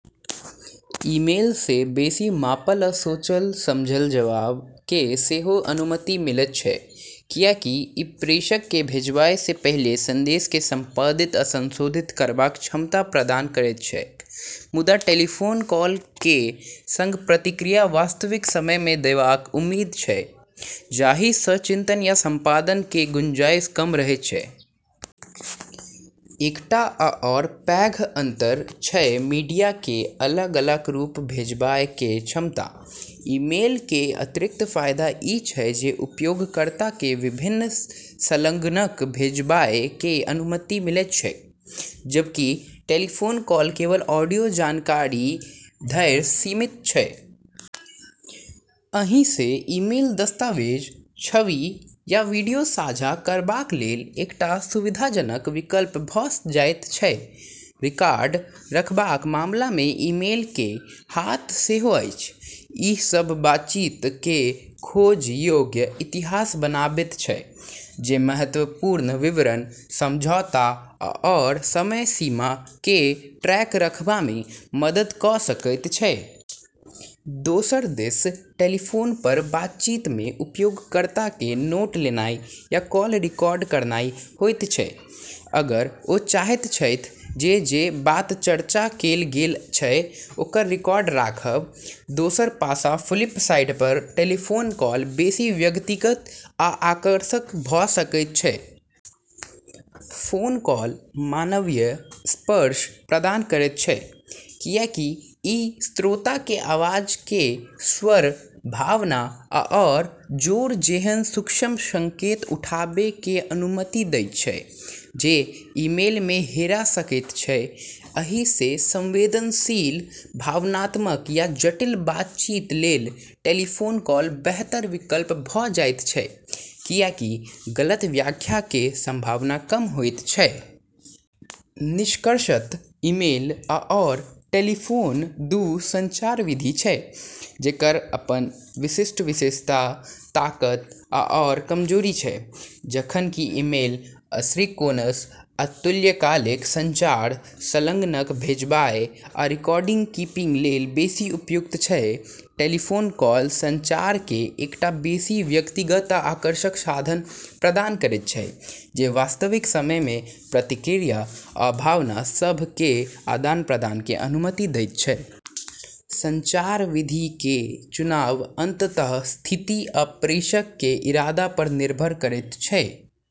Email सँ बेसि मापल आ सोचल-समझल जवाब केर सेहो अनुमति मिलैत छैक, कियाकि ई प्रेषक केँ भेजबाय सँ पहिले संदेश केँ संपादित आ संशोधित करबाक क्षमता प्रदान करैत छैक। मुदा टेलीफोन कॉल केर संग प्रतिक्रिया वास्तविक समय मे देबाक उम्मीद छै, जाहि सँ चिंतन या संपादन केर गुंजाइश कम रहैत छैक। एकटा आओर पैघ अंतर अछि मीडिया केर अलग-अलग रूप भेजबाय केर क्षमता। ईमेल केर अतिरिक्त फायदा ई छै जे उपयोगकर्ता केँ विभिन्न संलग्नक भेजबाय केर अनुमति मिलैत छैक, जबकि टेलीफोन कॉल केवल ऑडियो जानकारी धरि सीमित छै। एहि सँ ईमेल दस्तावेज, छवि, या वीडियो साझा करबाक लेल एकटा सुविधाजनक विकल्प भऽ जाइत छै। रिकॉर्ड रखबाक मामला मे ईमेल केर हाथ सेहो अछि। ई सभ बातचीत केर खोज योग्य इतिहास बनाबैत छै, जे महत्वपूर्ण विवरण, समझौता आओर समय सीमा केर ट्रैक रखबा मे मदद कऽ सकैत छै। दोसर दिस टेलीफोन पर बातचीत मे उपयोगकर्ता केँ नोट लेनाइ या कॉल रिकॉर्ड करनाइ होइत छैक अगर ओ चाहैत छथि जे जे बात चर्चा कएल गेल अछि ओकर रिकॉर्ड राखब। दोसर पासा फ्लिप साइड पर टेलीफोन कॉल बेसी व्यक्तिगत आ आकर्षक भऽ सकैत अछि। फोन कॉल मानवीय स्पर्श प्रदान करैत छै, कियाकि ई श्रोता केँ आवाज केर स्वर, भावना, आओर जोर जेहन सूक्ष्म संकेत उठाबै केर अनुमति दैत छै, जे ईमेल मे हेरा सकैत छै। एहि सँ संवेदनशील, भावनात्मक या जटिल बातचीत लेल टेलीफोन कॉल बेहतर विकल्प भऽ जाइत छै, कियाकि गलत व्याख्या केर संभावना कम होइत छै। निष्कर्षतः ईमेल आओर टेलीफोन दू संचार विधि छै जेकर अपन विशिष्ट विशेषता, ताकत आओर कमजोरी छै। जखन कि ईमेल असिंक्रोनस अतुल्यकालिक संचार, संलग्नक भेजबाय, आ रिकॉर्ड-कीपिंग लेल बेसि उपयुक्त छै; टेलीफोन कॉल संचार केर एकटा बेसि व्यक्तिगत आ आकर्षक साधन प्रदान करैत छै जे वास्तविक समय मे प्रतिक्रिया आ भावना सभ केर आदान-प्रदान केर अनुमति दैत छै। संचार विधि केर चुनाव अंततः स्थिति आ प्रेषक केर इरादा पर निर्भर करैत छै।